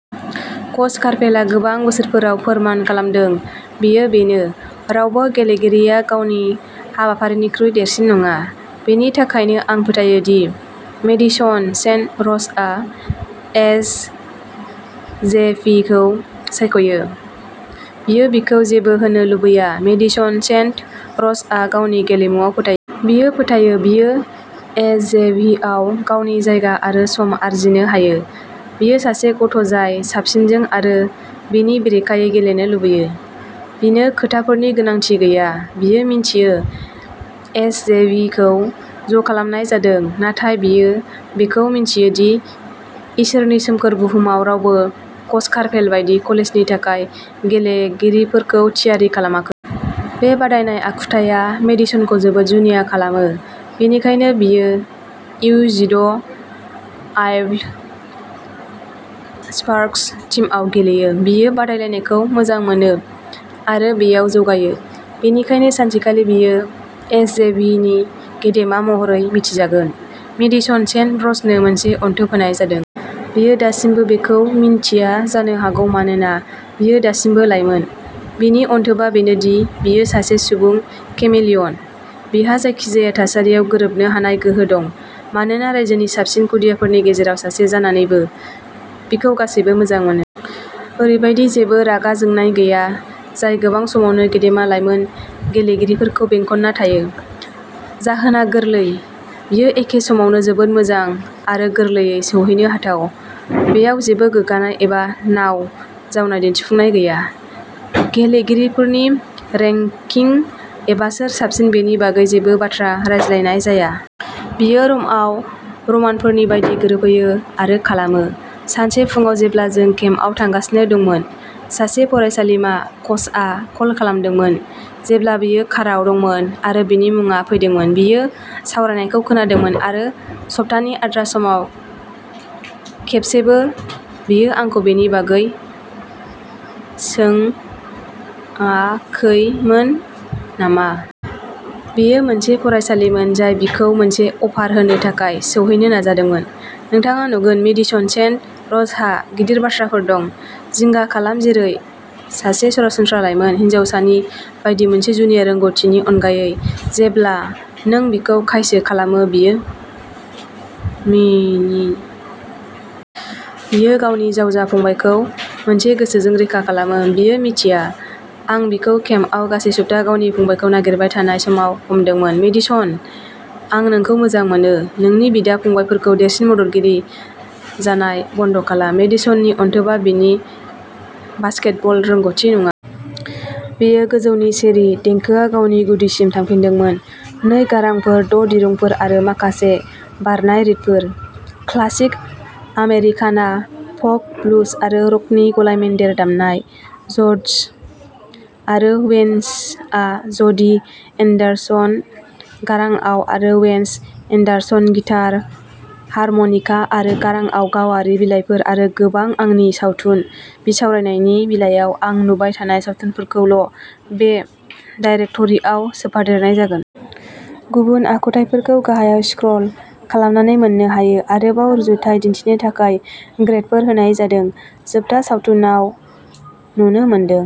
कच कार्पेलआ गोबां बोसोरफोराव फोरमान खालामदों बेयो बेनो, रावबो गेलेगिरिया गावनि हाबाफारिनिख्रुइ देरसिन नङा। बेनि थाखायनो आं फोथायो दि मेडिसन सेन्ट र'जआ एसजेभिखौ सायख'यो। बियो बिखौ जेबो होनो लुबैया। मेडिसन सेन्ट र'जआ गावनि गेलेमुआव फोथायो। बियो फोथायो, बियो एसजेभिआव गावनि जायगा आरो सम आरजिनो हायो। बियो सासे गथ'जाय साबसिनजों आरो बिनि बेरेखायै गेलेनो लुबैयो। बिनो खोथाफोरनि गोनांथि गैया, बियो मिन्थियो एसजेभिखौ ज'खालामनाय जादों, नाथाय बियो बेखौबो मिन्थियो दि इसोरनि सोमखोर बुहुमाव रावबो कच कार्पेल बायदि कलेजनि थाखाय गेलेगिरिफोरखौ थियारि खालामाखै। बे बादायनाय आखुथाइया मेडिसनखौ जोबोद जुनिया खालामो। बेनिखायनो बियो इउ जिद' आइब्ल स्पार्क्स टीमआव गेलेयो। बियो बादायलायनायखौ मोजां मोनो आरो बेयाव जौगायो। बेनिखायनो सानसेखालि बियो एसजेभिनि गेदेमा महरै मिथिजागोन। मेडिसन सेन्ट र'जनो मोनसे अनथोब होनाय जादों। बियो दासिमबो बेखौ मिन्थिया जानो हागौ मानोना बियो दासिमबो लाइमोन। बिनि अनथोबआ बेनो दि बियो सासे सुबुं केमिलियन। बिहा जायखिजाया थासारियाव गोरोबहोनो हानाय गोहो दं। मानोना रायजोनि साबसिन खुदियाफोरनि गेजेराव सासे जानानैबो, बिखौ गासैबो मोजां मोनो। ओरैबायदि जेबो रागा जोंनाय गैया जाय गोबां समावनो गेदेमा लाइमोन गेलेगिरिफोरखौ बेंखनना थायो। जाहोना गोरलै, बियो एखे समावनो जोबोद मोजां आरो गोरलैयै सौहैनो हाथाव। बेयाव जेबो गोग्गानाय एबा नाव जावनाय दिन्थिफुंनाय गैया। गेलेगिरिफोरनि रेंकिं एबा सोर साबसिन बेनि बागै जेबो बाथ्रा रायज्लायनाय जाया। बियो र'मआव रमानफोरनि बायदि गोरोबहोयो आरो खालामो। सानसे फुंआव जेब्ला जों केम्पआव थांगासिनो दंमोन। सासे फरायसालिमा कचआ कल खालामदोंमोन जेब्ला बियो काराव दंमोन आरो बिनि मुङा फैदोंमोन। बियो सावरायनायखौ खोनादोंमोन आरो सप्तानि आद्रा समाव खेबसेबो, बियो आंखौ बेनि बागै सोंआखैमोन नामा। बेयो मोनसे फरायसालिमोन जाय बिखौ मोनसे अफार होनो थाखाय सौहैनो नाजादोंमोन। नोंथाङा नुगोन मेडिसन सेन्ट र'जहा गिदिर बाथ्राफोर दं। जिंगा खालाम जेरै सासे सरासनस्रा लाइमोन हिनजावसानि बायदि, मोनसे जुनिया रोंग'थिनि अनगायै। जेब्ला नों बिखौ खायसो खालामो, बियो मिनिो। बियो गावनि जावजा फंबायखौ मोनसे गोसोजों रैखा खालामो, बियो मिथिया, आं बिखौ केम्पआव गासै सप्ता गावनि फंबायखौ नागिरबाय थानाय समाव हमदोंमोन। मेडिसन आं नोंखौ मोजां मोनो। नोंनि बिदा-फंबायफोरखौ देरसिन मददगिरि जानाय बन्द'खालाम। मेडिसननि अनथोबआ बिनि बास्केटबल रोंग'थि नङा। बेयो गोजौनि चेरि। देंखोआ गावनि गुदिसिम थांफिनदोंमोन नै गारांफोर द' दिरुंफोर आरो माखासे बारनाय रिडफोर। क्लासिक आमेरिकाना फ'क, ब्लुज आरो रकनि गलायमोन्देर दामनाय। ज'डस आरो वेन्सआ ज'डि एन्डारसन, गारांआव, आरो वेन्स एन्डारसन गिटार, हारमनिका आरो गारांआव गावारि बिलाइफोर आरो गोबां आंनि सावथुन बिसावरायनायनि बिलाइयाव आं नुबाय थानाय सावथुनफोरखौल'बे दाइरेक्ट'रिआव सोफादेरनाय जागोन। गुबुन आखुथायफोरखौ गाहायाव स्क्रल खालामनानै मोननो हायो। आरोबाव रुजुथाय दिन्थिनो थाखाय ग्रेदफोर होनाय जादों। जोबथा सावथुनआव नुनो मोनदों।